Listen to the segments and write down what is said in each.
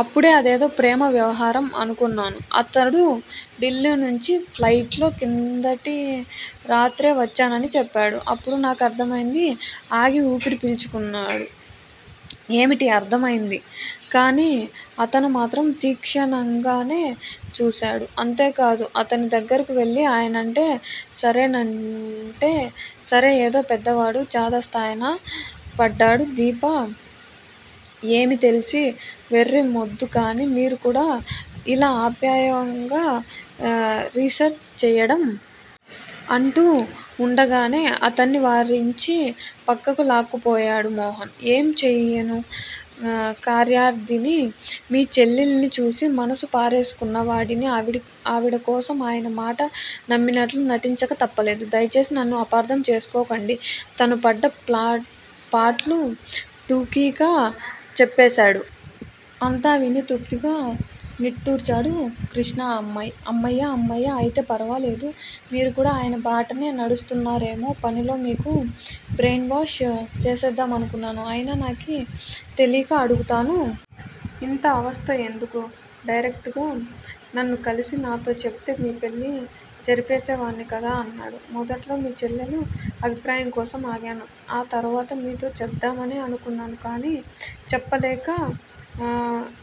అప్పుడే అదేదో ప్రేమ వ్యవహారం అనుకొన్నాను. అతడు ఢిల్లీ నుంచి ప్లైట్ లో కిందటి రాత్రే వచ్చానని చెపాడు. అప్పుడు నాకు అర్థం అయింది ఆగి ఊపిరి పీల్చుకున్నాడు. ఏమిటి అర్థం అయింది? కానీ అతనుమాత్రం తీక్షణంగానేచూశాడు. అంతే కాదు అతని దగ్గరకువెళ్ళి, ఆయనంటే సరేనంటే సరే ఏదో పెద్దవాడు చాదస్తాన పడ్డాడు దీప ఏమీతెలీని వెర్రి మొద్దు కానీ మీరు కూడా ఇలా అయోమయంగా రిసెర్చ్ చెయ్యడం! అంటూ వుండగానే అతన్ని వారించి పక్కకు లాక్కుపోయాడు మోహన్. ఏం చెయ్యను కార్యార్థిని. మీ చెల్లెలిని చూసి మనసు పారేసుకున్నవాడిని ఆవిడకోసం ఆయన మాట నమ్మినట్లు నటించక తప్పలేదు. దయచేసి నన్ను అపార్థం చేసుకోకండి తనుపడ్డ పాట్లు టూకీగా చెప్పేశాడు. అంతా విని తృప్తిగా నిట్టూర్చాడు క్రిష్ణ అమ్మయ్య అమ్మయ్య అయితే ఫర్వాలేదు మీరుకూడా ఆయన బాటనే నడుస్తున్నారేమో పనిలో మీకూ బ్రెయిన్ వాష్ చేసేద్దామనుకున్నాను అయినా నాకు తెలీక అడుగుతాను. ఇంత అవస్థయెందుకు? డైరెక్టుగా నన్ను కలిసి నాతొ చెప్తే మీ పెళ్ళి జరిపేసేవాడిని కదా! అన్నాడు. మొదట్లో మీ చెల్లెలు అభిప్రాయంకోసం ఆగాను ఆ తర్వాత మీతో చెప్దామనే అనుకున్నాను. కానీ చెప్పేలోగా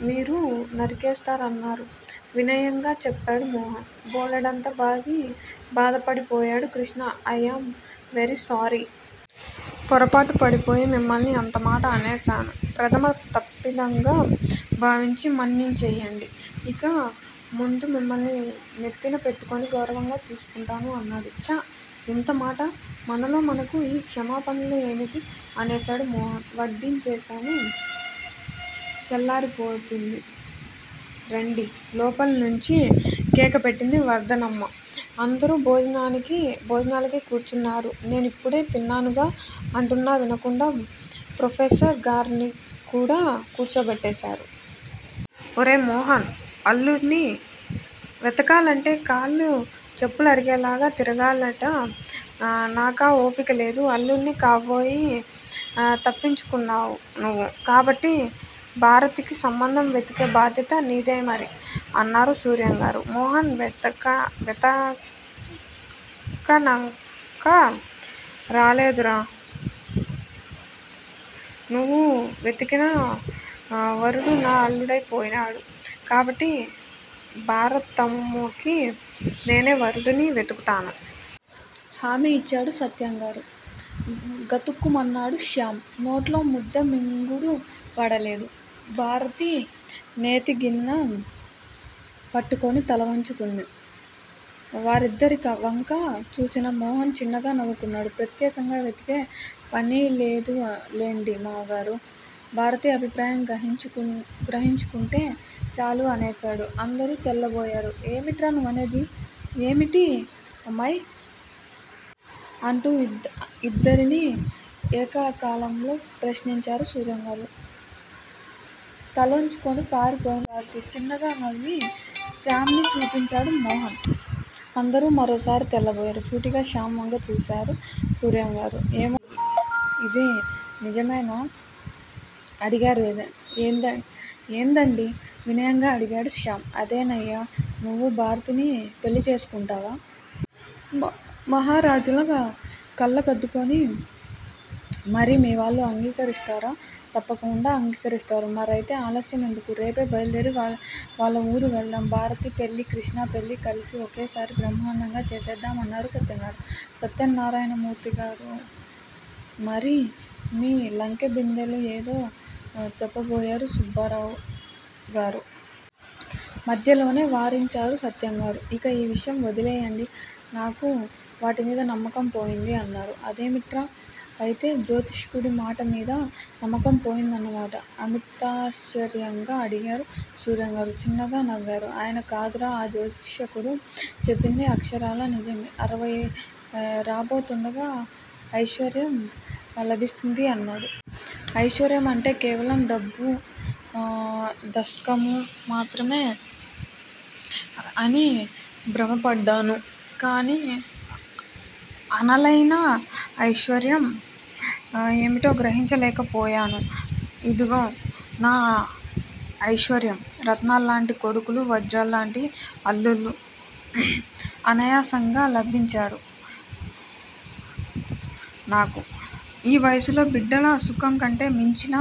మీరు నరికేస్తానన్నారు వినయంగా చెప్పాడు మోహన్. బోలెడంత బాధపడిపోయాడు కృష్ణ ఐయాం వెరీ సారీ! పొరపాటు పడిపోయి మిమ్మల్ని అంతమాట అనేశాను. ప్రధమ తప్పిదంగా భావించి మన్నించెయ్యండి. ఇక ముందు మిమ్మల్ని నెత్తిన పెట్టుకుని గౌరవంగా చూసుకుంటాను అన్నాడు. ఛ యెంతమాట మనలో మనకు ఈ క్షమాపణలు ఏమిటి? అనేశాడు మోహన్. వడ్డించేశాను చల్లారిపోతుంది రండి! లోపలినించి కేకపెట్టింది వర్ధనమ్మ. అందరూ భోజనాలకి కూర్చున్నారు నేనిప్పుడే తిన్నానుగా అంటున్నా వినకుండా ప్రొఫెసర్ గార్నికూడా కూర్చోబెట్టేశారు. ఒరేయ్ మోహన్ అల్లుడిని. వెతకాలంటే కాళ్ళ చెప్పలరిగేలా తిరగాలిట నాకా ఓపిక లేదు. అల్లుడిని కాబోయి తప్పించుకున్నావు నువ్వు. కాబట్టి భారతికి సంబంధం వెతికే బాధ్యత నీదేమరి! అన్నారు సూర్యంగారు. మోహన్ వెతకనక్కరాలేదురా! నువ్వు వెతికిన వరుడు నా అల్లుడైనపోయాడు కాబట్టి భారతమ్మకి నేనే వరుడిని వెతుకుతాను! హామీ ఇచ్చారు సత్యంగారు. గతుక్కుమన్నాడు శ్యామ్. నోట్లో ముద్ద మింగుడు పడలేదు. భారతి నేతి గిన్నె పట్టుకొని తలవంచుకుంది. వాళ్ళిద్దరివంకా చూసిన మోహన్ చిన్నగా నవ్వుకున్నాడు. ప్రత్యేకంగా వెతికే పనిలేదులెండి మామగారూ! భారతి అభిప్రాయం గ్రహించుకుంటే చాలు అనేశాడు. అందరూ తెల్లబోయారు. ఏమిట్రా నువ్వనేది? ఏమిటే అమ్మాయ్? అంటూ ఇద్దరినీ ఏక కాలంలో ప్రశ్నించారు సూర్యంగారు. తలోంచుకుని పారిపోయింది భారతి. చిన్నగా నవ్వి శ్యామ్ ని చూపించాడు మోహన్. అందరూ మరోసారి తెల్లబోయారు. సూటిగా శ్యామ్ వంక చూసారు సూర్యంగారు. ఏమోయ్ ఇది నిజమేనా? అడిగారు. ఏదండీ? వినయంగా అడిగాడు శ్యామ్. అదేనయ్యా! నువ్వు భారతిని పెళ్ళి చేసుకుంటావా? మహారాజులా! కళ్ళకద్దుకొని మరి మీ వాళ్ళు అంగీకరిస్తారా? తప్పకుండా అంగీకరిస్తారు మరయితే ఆలస్యం ఎందుకు? రేపే బయలుదేరి వాళ్ళ వూరు వెళ్దాం. భారతి పెళ్ళి, కృష్ణ పెళ్ళి కలిసి ఒకేసారి బ్రహ్మాండంగా చేసేద్దాం! అన్నారు సత్యంగారు. సత్యనారాయణమూర్తిగారూ! మరి మీ లంకెబిందెలు ఏదో చెప్పబోయారు సుబ్బారావుగారు. మధ్యలోనే వారించారు సత్యంగారు ఇక ఆ విషయం వదిలెయ్యండి నాకు వాటిమీద నమ్మకం పోయింది అన్నారు. అదేమిట్రా అయితే జ్యోతిష్కుడి మాటమీద నమ్మకం పోయిందన్నమాట అమితాశ్చర్యంగా అడిగారు సూర్యంగారు. చిన్నగా నవ్వారు ఆయన కాదురా! ఆ జ్యోతిష్కుడు చెప్పింది అక్షరాలా నిజమే. అరవై రాబోతుండగా ఐశ్వర్యం లభిస్తుంది అన్నాడు. ఐశ్వర్యం అంటే కేవలం డబ్బు దస్కమూ మాత్రమే అని భ్రమపడ్డాను. కానీ అనలయిన ఐశ్వర్యం ఏమిటోగ్రహించుకోలేకపోయాను ఇదుగో నా ఐశ్వర్యం. రత్నంలాటి కోడలు, వజ్రంలాటిఅల్లుడు అనాయాసంగా లభించారు నాకు. ఈ వయసులో బిడ్డల సుఖంకంటే మించిన